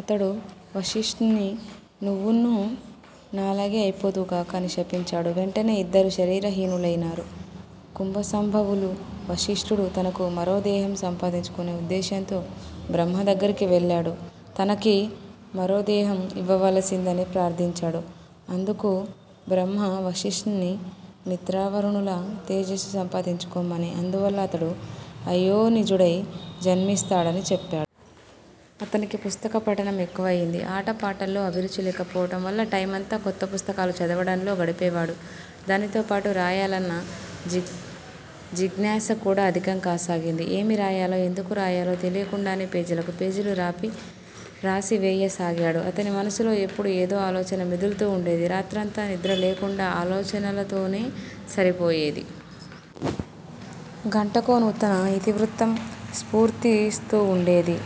అతడు వశిష్ఠుణ్ణి నువ్వున్నూ నాలాగే అయిపోదువుగాక అని శపించాడు. వెంటనే ఇద్దరూ శరీర హీనునైనారు. కుంభసంభవులు: వశిష్ఠుడు తనకు మరోదేహం సంపాదించుకునే ఉద్దేశ్యంతో బ్రహ్మ దగ్గరికి వెళ్ళాడు. తనకు మరోదేహం ఇవ్వవలసిందని ప్రార్దించాడు. అందుకు బ్రహ్మ వశిష్ఠుణ్ని మిత్రావరుణుల తేజస్సు సంపాదించుకొమ్మనీ, అందువల్ల అతడు అయోనిజుడై జన్మిస్తాడనీ చెప్పాడు. అతనికి పుస్తకపఠనం ఎక్కువయింది. ఆటపాటల్లో అభిరుచి లేకపోవటం వల్ల టైమంతా కొత్తపుస్తకాలు చదవటంలో గడిపేవాడు. దానితోపాటు రాయాలన్న జిజ్ఞాసకూడా అధికం కాసాగింది. ఏమి రాయాలో, ఎందుకు రాయాలో తెలీకుండానే పేజీలకు పేజీలు రాసివేయసాగాడు. అతని మనస్సులో ఎప్పుడూ ఏదో ఆలోచన మోదుల్తూ వుండేది. రాత్రంతా నిద్రలేకుండా ఆలోచనలతోనే సరిపోయేది. గంటకో నూతన యితివృత్తం స్ఫుర్తిస్తూవుండేది.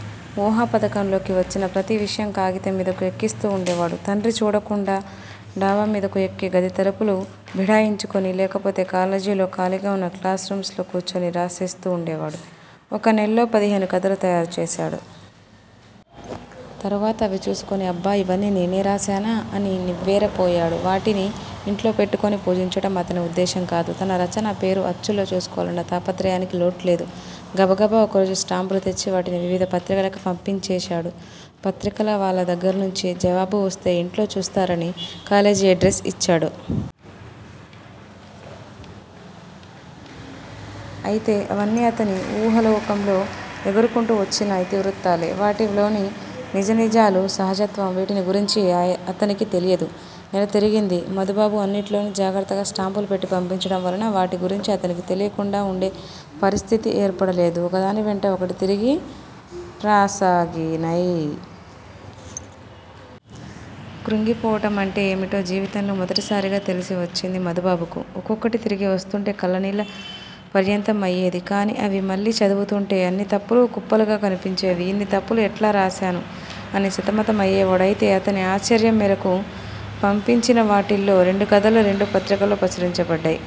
ఊహాపథంలోకి వచ్చిన ప్రతి విషయం కాగితం మీదకు ఎక్కిస్తూ వుండేవాడు. తండ్రి చూడకుండా డాబామీదకు ఎక్కి గది తలుపులు బిడాయించుకుని, లేకపోతే కాలేజీలో ఖాళీగావున్న క్లాస్ రూమ్స్ లో కూర్చుని రాసేస్తూ వుండేవాడు. ఒక నెల్లో పదిహేను కథలు తయారుచేశాడు. తరువాత అవి చూసుకుని అబ్బా! యివన్నీ నేనే రాశానా? అని నివ్వెర పోయాడు. వాటిని ఇంట్లో పెట్టుకుని పూజించటం అతని ఉద్దేశం కాదు. తన రచన, పేరు అచ్చులో చూసుకోవాలన్న తాపత్రయానికి లోటులేదు. గబగబ ఒకరోజు స్టాంపులు తెచ్చి వాటిని వివిధపత్రికలకి పంపించేశాడు. పత్రికలవాళ్ళ దగ్గర్నుంచి జవాబు వస్తే ఇంట్లో చూస్తారని కాలేజి ఎడ్రస్ యిచ్చాడు. అయితే అవన్నీ అతని వూహాలోకంలో ఎగురుకుంటూ వచ్చిన యితి వృత్తాలే. వాటిలోని నిజానిజాలు, సహజత్వం వీటిని గురించి అతనికి తెలియదు. నెల తిరిగింది. మధుబాబు అన్నిట్లోను జాగ్రత్తగా స్టాంపులు పెట్టి పంపించటం వలన వాటిగురించి అతనికి తెలీకుండా వుండే పరిస్థితి ఏర్పడలేదు. ఒకదానివెంట ఒకటి తిరిగి రాసాగినై. కృంగిపోవటమంటే ఏమిటో జీవితంలో మొదటిసారిగా తెలిసివచ్చింది మధుబాబుకు. ఒక్కొక్కటీ తిరిగివస్తోంటే కళ్ళనీళ్ళ పర్యంతం అయేది. కాని అవి మళ్లీ చదువుతోంటే అన్నీ తప్పుల కుప్పలుగా కనిపించేవి. ఇన్ని తప్పులు ఎట్లా రాశాను అని సతమతమయేవాడు. అయితే అతని ఆశ్చర్యం మేరకు పంపించినవాటిల్లో రెండుకథలు రెండు పత్రికల్లో ప్రచురించబడ్డాయి.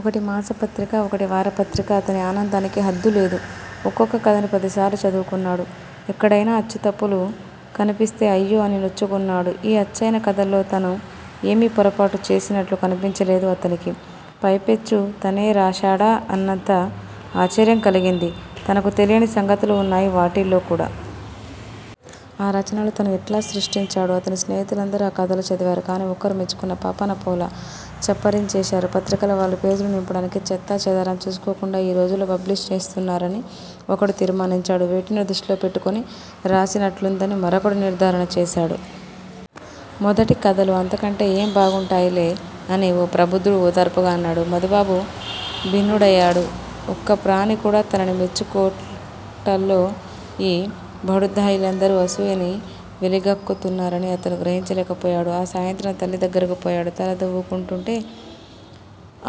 ఒకటి మాసపత్రిక, ఒకటి వారపత్రిక. అతని ఆనందానికి హద్దులేదు. ఒక్కొక్క కథని పదిసార్లు చదువుకున్నాడు. ఎక్కడైనా అచ్చుతప్పులు కనిపిస్తే అయ్యో! అని నొచ్చుకున్నాడు. ఈ అచ్చయిన కథల్లో తను ఏమీ పొరపాటు చేసినట్లు కనిపించలేదు అతనికి. పైపెచ్చు తనే రాశాడా అన్నంత ఆశ్చర్యం కలిగింది. తనకు తెలియని సంగతులు వున్నాయి వాటిల్లోకూడా. ఆ రచనలు తను ఎట్లా సృష్టించాడు! అతని స్నేహితులందరూ ఆ కథలు చదివారు. కాని ఒక్కరూ మెచ్చుకున్న పాపాన పోలా. చప్పరించేశారు. పత్రికలవాళ్ళు పేజీలు నింపడానికి చెత్తా చెదారం చూసుకోకుండా యీ రోజుల్లో పబ్లిష్ చేస్తున్నారని ఒకడు తీర్మానించాడు. వేటినో దృష్టిలో పెట్టుకుని రాసినట్లుందని మరొకడు నిర్ధారణ చేశాడు. మొదటి కథలు అంతకంటే ఏం బాగుంటాయిలే? అని ఓ ప్రబుద్ధుడు ఓదార్పుగా అన్నాడు. మధుబాబు ఖిన్నుడయాడు. ఒక్కప్రాణికూడా తనని మెచ్చుకోటల్లో. ఈ బడుద్ధాయిలందరూ అసూయని వెలిగక్కుతున్నారని అతను గ్రహించలేక పోయాడు. ఆ సాయంత్రం తల్లిదగ్గరకు పోయాడు, తల దువ్వుకుంటూంటే.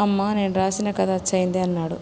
అమ్మా! నేను రాసిన కథ అచ్చయిందే అన్నాడు.